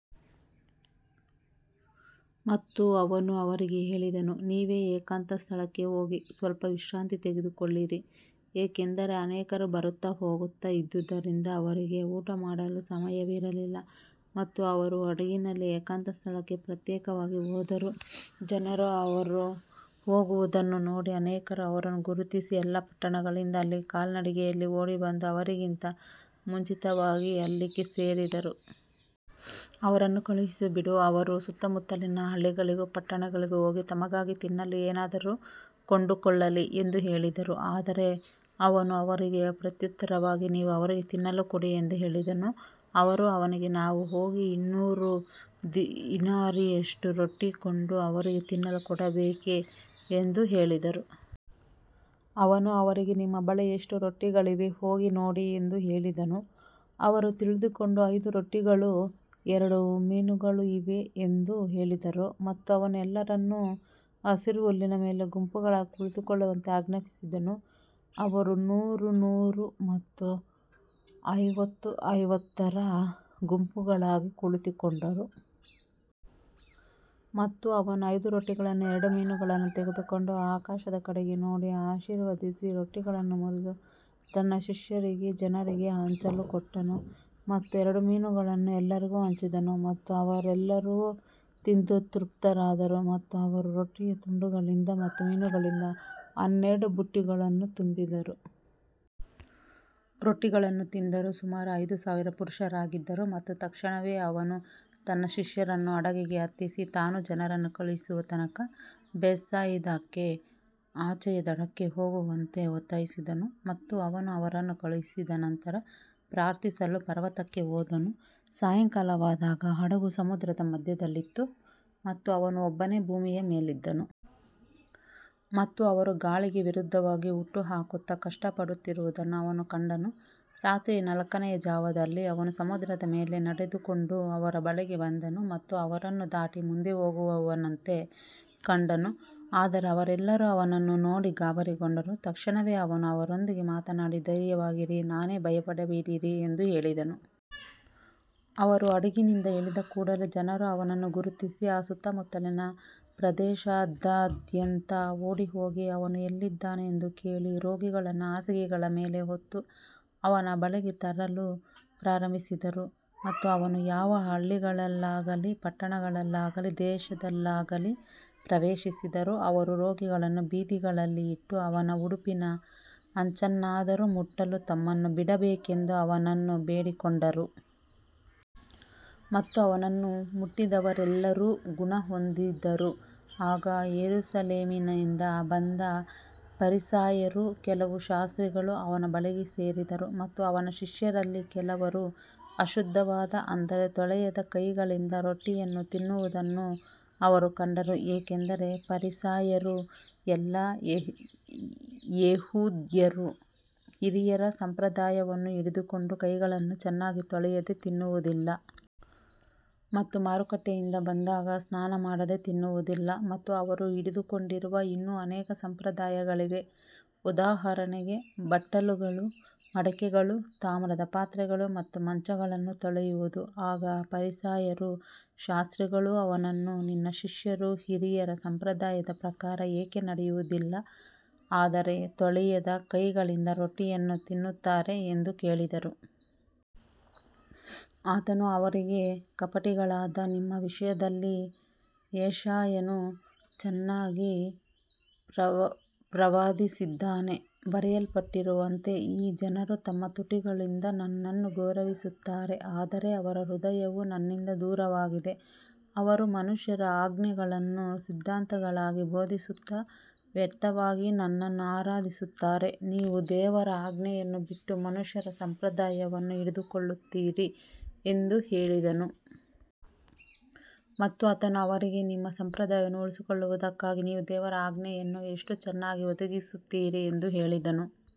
ಮತ್ತು ಅವನು ಅವರಿಗೆ ಹೇಳಿದನು, ನೀವೇ ಏಕಾಂತ ಸ್ಥಳಕ್ಕೆ ಹೋಗಿ ಸ್ವಲ್ಪ ವಿಶ್ರಾಂತಿ ತೆಗೆದುಕೊಳ್ಳಿರಿ, ಏಕೆಂದರೆ ಅನೇಕರು ಬರುತ್ತಾ ಹೋಗುತ್ತಾ ಇದ್ದುದರಿಂದ ಅವರಿಗೆ ಊಟಮಾಡಲೂ ಸಮಯವಿರಲಿಲ್ಲ. ಮತ್ತು ಅವರು ಹಡಗಿನಲ್ಲಿ ಏಕಾಂತ ಸ್ಥಳಕ್ಕೆ ಪ್ರತ್ಯೇಕವಾಗಿ ಹೋದರು. ಜನರು ಅವರು ಹೋಗುವುದನ್ನು ನೋಡಿ ಅನೇಕರು ಅವರನ್ನು ಗುರುತಿಸಿ, ಎಲ್ಲಾ ಪಟ್ಟಣಗಳಿಂದ ಅಲ್ಲಿಗೆ ಕಾಲ್ನಡಿಗೆಯಲ್ಲಿ ಓಡಿಬಂದು ಅವರಿಗಿಂತ ಮುಂಚಿತವಾಗಿ ಅಲ್ಲಿಗೆ ಸೇರಿದರು. ಅವರನ್ನು ಕಳುಹಿಸಿಬಿಡು, ಅವರು ಸುತ್ತಮುತ್ತಲಿನ ಹಳ್ಳಿಗಳಿಗೂ ಪಟ್ಟಣಗಳಿಗೂ ಹೋಗಿ ತಮಗಾಗಿ ತಿನ್ನಲು ಏನಾದರೂ ಕೊಂಡುಕೊಳ್ಳಲಿ ಎಂದು ಹೇಳಿದರು. ಆದರೆ ಅವನು ಅವರಿಗೆ ಪ್ರತ್ಯುತ್ತರವಾಗಿ, ನೀವು ಅವರಿಗೆ ತಿನ್ನಲು ಕೊಡಿ ಎಂದು ಹೇಳಿದನು. ಅವರು ಅವನಿಗೆ, ನಾವು ಹೋಗಿ ಇನ್ನೂರು ದಿನಾರಿಯಷ್ಟು ರೊಟ್ಟಿ ಕೊಂಡು ಅವರಿಗೆ ತಿನ್ನಲು ಕೊಡಬೇಕೇ ಎಂದು ಹೇಳಿದರು. ಅವನು ಅವರಿಗೆ, ನಿಮ್ಮ ಬಳಿ ಎಷ್ಟು ರೊಟ್ಟಿಗಳಿವೆ, ಹೋಗಿ ನೋಡಿ ಎಂದು ಹೇಳಿದನು. ಅವರು ತಿಳಿದುಕೊಂಡು, ಐದು ರೊಟ್ಟಿಗಳೂ ಎರಡು ಮೀನುಗಳೂ ಇವೆ ಎಂದು ಹೇಳಿದರು. ಮತ್ತು ಅವನು ಎಲ್ಲರನ್ನೂ ಹಸಿರು ಹುಲ್ಲಿನ ಮೇಲೆ ಗುಂಪುಗಳಾಗಿ ಕುಳಿತುಕೊಳ್ಳುವಂತೆ ಆಜ್ಞಾಪಿಸಿದನು. ಅವರು ನೂರು ನೂರು ಮತ್ತು ಐವತ್ತು ಐವತ್ತರ ಗುಂಪುಗಳಾಗಿ ಕುಳಿತುಕೊಂಡರು. ಮತ್ತು ಅವನು ಐದು ರೊಟ್ಟಿಗಳನ್ನೂ ಎರಡು ಮೀನುಗಳನ್ನೂ ತೆಗೆದುಕೊಂಡು ಆಕಾಶದ ಕಡೆಗೆ ನೋಡಿ ಆಶೀರ್ವದಿಸಿ ರೊಟ್ಟಿಗಳನ್ನು ಮುರಿದು ತನ್ನ ಶಿಷ್ಯರಿಗೆ ಜನರಿಗೆ ಹಂಚಲು ಕೊಟ್ಟನು. ಮತ್ತು ಎರಡು ಮೀನುಗಳನ್ನೂ ಎಲ್ಲರಿಗೂ ಹಂಚಿದನು. ಮತ್ತು ಅವರೆಲ್ಲರೂ ತಿಂದು ತೃಪ್ತರಾದರು. ಮತ್ತು ಅವರು ರೊಟ್ಟಿಯ ತುಂಡುಗಳಿಂದ ಮತ್ತು ಮೀನುಗಳಿಂದ ಹನ್ನೆರಡು ಬುಟ್ಟಿಗಳನ್ನು ತುಂಬಿದರು. ರೊಟ್ಟಿಗಳನ್ನು ತಿಂದವರು ಸುಮಾರು ಐದು ಸಾವಿರ ಪುರುಷರಾಗಿದ್ದರು. ಮತ್ತು ತಕ್ಷಣವೇ ಅವನು ತನ್ನ ಶಿಷ್ಯರನ್ನು ಹಡಗಿಗೆ ಹತ್ತಿಸಿ, ತಾನು ಜನರನ್ನು ಕಳುಹಿಸುವ ತನಕ ಬೇತ್ಸಾಯಿದಾಕ್ಕೆ ಆಚೆಯ ದಡಕ್ಕೆ ಹೋಗುವಂತೆ ಒತ್ತಾಯಿಸಿದನು. ಮತ್ತು ಅವನು ಅವರನ್ನು ಕಳುಹಿಸಿದ ನಂತರ ಪ್ರಾರ್ಥಿಸಲು ಪರ್ವತಕ್ಕೆ ಹೋದನು. ಸಾಯಂಕಾಲವಾದಾಗ ಹಡಗು ಸಮುದ್ರದ ಮಧ್ಯದಲ್ಲಿತ್ತು ಮತ್ತು ಅವನು ಒಬ್ಬನೇ ಭೂಮಿಯ ಮೇಲಿದ್ದನು. ಮತ್ತು ಅವರು ಗಾಳಿಗೆ ವಿರುದ್ಧವಾಗಿ ಹುಟ್ಟುಹಾಕುತ್ತಾ ಕಷ್ಟಪಡುತ್ತಿರುವುದನ್ನು ಅವನು ಕಂಡನು. ರಾತ್ರಿಯ ನಾಲ್ಕನೆಯ ಜಾವದಲ್ಲಿ ಅವನು ಸಮುದ್ರದ ಮೇಲೆ ನಡೆದುಕೊಂಡು ಅವರ ಬಳಿಗೆ ಬಂದನು ಮತ್ತು ಅವರನ್ನು ದಾಟಿ ಮುಂದೆ ಹೋಗುವವನಂತೆ ಕಂಡನು. ಆದರೆ ಅವರೆಲ್ಲರೂ ಅವನನ್ನು ನೋಡಿ ಗಾಬರಿಗೊಂಡರು. ತಕ್ಷಣವೇ ಅವನು ಅವರೊಂದಿಗೆ ಮಾತನಾಡಿ, ಧೈರ್ಯವಾಗಿರಿ, ನಾನೇ, ಭಯಪಡಬೇಡಿರಿ ಎಂದು ಹೇಳಿದನು. ಅವರು ಹಡಗಿನಿಂದ ಇಳಿದ ಕೂಡಲೆ ಜನರು ಅವನನ್ನು ಗುರುತಿಸಿ ಆ ಸುತ್ತಮುತ್ತಲಿನ ಪ್ರದೇಶದಾದ್ಯಂತ ಓಡಿಹೋಗಿ, ಅವನು ಎಲ್ಲಿದ್ದಾನೆ ಎಂದು ಕೇಳಿ, ರೋಗಿಗಳನ್ನು ಹಾಸಿಗೆಗಳ ಮೇಲೆ ಹೊತ್ತು ಅವನ ಬಳಿಗೆ ತರಲು ಪ್ರಾರಂಭಿಸಿದರು. ಮತ್ತು ಅವನು ಯಾವ ಹಳ್ಳಿಗಳಲ್ಲಾಗಲಿ ಪಟ್ಟಣಗಳಲ್ಲಾಗಲಿ ದೇಶದಲ್ಲಾಗಲಿ ಪ್ರವೇಶಿಸಿದರೂ, ಅವರು ರೋಗಿಗಳನ್ನು ಬೀದಿಗಳಲ್ಲಿ ಇಟ್ಟು, ಅವನ ಉಡುಪಿನ ಅಂಚನ್ನಾದರೂ ಮುಟ್ಟಲು ತಮ್ಮನ್ನು ಬಿಡಬೇಕೆಂದು ಅವನನ್ನು ಬೇಡಿಕೊಂಡರು. ಮತ್ತು ಅವನನ್ನು ಮುಟ್ಟಿದವರೆಲ್ಲರೂ ಗುಣಹೊಂದಿದರು. ಆಗ ಯೆರೂಸಲೇಮಿನಿಂದ ಬಂದ ಫರಿಸಾಯರೂ ಕೆಲವು ಶಾಸ್ತ್ರಿಗಳೂ ಅವನ ಬಳಿಗೆ ಸೇರಿದರು. ಮತ್ತು ಅವನ ಶಿಷ್ಯರಲ್ಲಿ ಕೆಲವರು ಅಶುದ್ಧವಾದ, ಅಂದರೆ ತೊಳೆಯದ ಕೈಗಳಿಂದ ರೊಟ್ಟಿಯನ್ನು ತಿನ್ನುವುದನ್ನು ಅವರು ಕಂಡರು. ಏಕೆಂದರೆ ಫರಿಸಾಯರೂ ಎಲ್ಲಾ ಯೆಹೂದ್ಯರೂ ಹಿರಿಯರ ಸಂಪ್ರದಾಯವನ್ನು ಹಿಡಿದುಕೊಂಡು, ಕೈಗಳನ್ನು ಚೆನ್ನಾಗಿ ತೊಳೆಯದೆ ತಿನ್ನುವುದಿಲ್ಲ. ಮತ್ತು ಮಾರುಕಟ್ಟೆಯಿಂದ ಬಂದಾಗ ಸ್ನಾನಮಾಡದೆ ತಿನ್ನುವುದಿಲ್ಲ. ಮತ್ತು ಅವರು ಹಿಡಿದುಕೊಂಡಿರುವ ಇನ್ನೂ ಅನೇಕ ಸಂಪ್ರದಾಯಗಳಿವೆ, ಉದಾಹರಣೆಗೆ ಬಟ್ಟಲುಗಳು, ಮಡಕೆಗಳು, ತಾಮ್ರದ ಪಾತ್ರೆಗಳು ಮತ್ತು ಮಂಚಗಳನ್ನು ತೊಳೆಯುವುದು. ಆಗ ಫರಿಸಾಯರೂ ಶಾಸ್ತ್ರಿಗಳೂ ಅವನನ್ನು, ನಿನ್ನ ಶಿಷ್ಯರು ಹಿರಿಯರ ಸಂಪ್ರದಾಯದ ಪ್ರಕಾರ ಏಕೆ ನಡೆಯುವುದಿಲ್ಲ, ಆದರೆ ತೊಳೆಯದ ಕೈಗಳಿಂದ ರೊಟ್ಟಿಯನ್ನು ತಿನ್ನುತ್ತಾರೆ ಎಂದು ಕೇಳಿದರು. ಆತನು ಅವರಿಗೆ, ಕಪಟಿಗಳಾದ ನಿಮ್ಮ ವಿಷಯದಲ್ಲಿ ಯೆಶಾಯನು ಚೆನ್ನಾಗಿ ಪ್ರವಾದಿಸಿದ್ದಾನೆ. ಬರೆಯಲ್ಪಟ್ಟಿರುವಂತೆ, ಈ ಜನರು ತಮ್ಮ ತುಟಿಗಳಿಂದ ನನ್ನನ್ನು ಗೌರವಿಸುತ್ತಾರೆ, ಆದರೆ ಅವರ ಹೃದಯವು ನನ್ನಿಂದ ದೂರವಾಗಿದೆ. ಅವರು ಮನುಷ್ಯರ ಆಜ್ಞೆಗಳನ್ನು ಸಿದ್ಧಾಂತಗಳಾಗಿ ಬೋಧಿಸುತ್ತಾ ವ್ಯರ್ಥವಾಗಿ ನನ್ನನ್ನು ಆರಾಧಿಸುತ್ತಾರೆ. ನೀವು ದೇವರ ಆಜ್ಞೆಯನ್ನು ಬಿಟ್ಟು ಮನುಷ್ಯರ ಸಂಪ್ರದಾಯವನ್ನು ಹಿಡಿದುಕೊಳ್ಳುತ್ತೀರಿ ಎಂದು ಹೇಳಿದನು. ಮತ್ತು ಆತನು ಅವರಿಗೆ, ನಿಮ್ಮ ಸಂಪ್ರದಾಯವನ್ನು ಉಳಿಸಿಕೊಳ್ಳುವುದಕ್ಕಾಗಿ ನೀವು ದೇವರ ಆಜ್ಞೆಯನ್ನು ಎಷ್ಟು ಚೆನ್ನಾಗಿ ಬದಿಗಿರಿಸುತ್ತೀರಿ ಎಂದು ಹೇಳಿದನು.